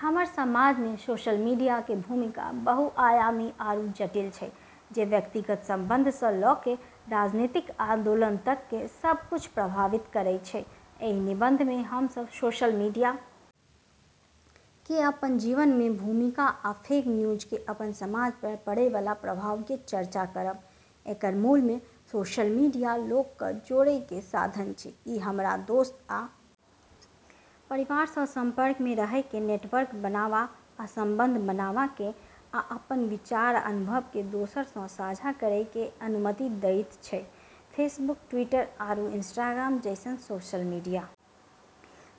हमरऽ समाज मे सोशल मीडिया के भूमिका बहुआयामी आरू जटिल छै जे व्यक्तिगत संबंध स ल के राजनीतिक आन्दोलन तक के सब कुछ प्रभावित करै छै, एहि निबंध मे हम सब सोशल मीडिया के अपन जीवन में भूमिका आ फेक न्यूज के अपन समाज पर पड़य वाला प्रभाव के चर्चा करब, एकरऽ मूल मे सोशल मीडिया लोगऽ क जोड़ै के साधन छै, इ हमरा दोस्त आ परिवार सं संपर्क मे रहय कें नेटवर्क बनावा आ संबंध बनावा कें आ अपन विचार आ अनुभव कें दोसर सं साझा करय कें अनुमति देयत छै, फेसबुक, ट्विटर आरू इंस्टाग्राम जैसनऽ सोशल मीडिया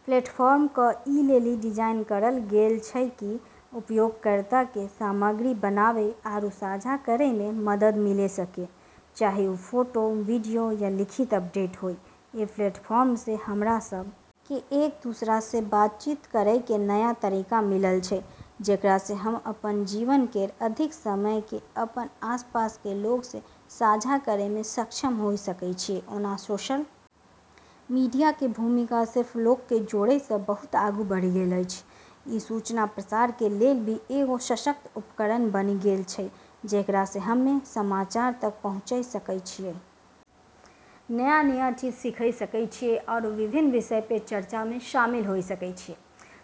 प्लेटफॉर्म क ई लेली डिजाइन करलऽ गेलऽ छै कि उपयोगकर्ता के सामग्री बनाबै आरू साझा करै मे मदद मिले सके, चाहे उ फोटो, वीडियो या लिखित अपडेट होय, ई प्लेटफार्मऽ से हमरा सब के एक-दूसरा से बातचीत करै के नया तरीका मिललऽ छै जेकरा से हम्म अपनऽ जीवन केरऽ अधिक समय के अपनऽ आसपास के लोगऽ से साझा करै मे सक्षम होय सकै छियै ओना सोशल मीडिया के भूमिका सिर्फ लोक के जोड़य सं बहुत आगू बढ़ि गेल अछि, ई सूचना प्रसार के लेलऽ भी एगो सशक्त उपकरण बनी गेलऽ छै जेकरा से हम्में समाचार तक पहुँचै सकै छियै, नया-नया चीज सीखै सकै छियै आरू विभिन्न विषयऽ पे चर्चा मे शामिल होय सकै छियै,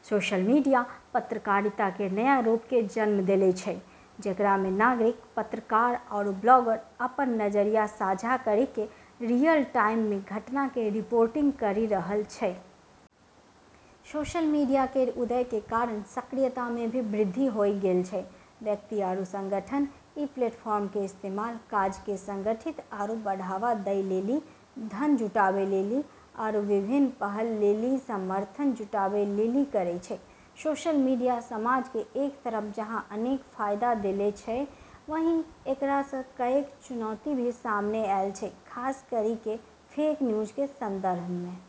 सोशल मीडिया पत्रकारिता केरऽ नया रूप के जन्म देलै छै जेकरा मे नागरिक पत्रकार आरू ब्लॉगर अपनऽ नजरिया साझा करी के रियल टाइम मे घटना के रिपोर्टिंग करी रहलऽ छै। सोशल मीडिया केरऽ उदय के कारण सक्रियता मे भी वृद्धि होय गेलऽ छै, व्यक्ति आरू संगठन ई प्लेटफार्मऽ के इस्तेमाल काजऽ के संगठित आरू बढ़ावा दै लेली, धन जुटाबै लेली आरू विभिन्न पहलऽ लेली समर्थन जुटाबै लेली करै छै, सोशल मीडिया समाज के एक तरफ जहां अनेक फायदा देले छै, वहीं एकरा स कईएक चुनौती भी सामने ऐलऽ छै खास करी के फेक न्यूज के संदर्भ मे।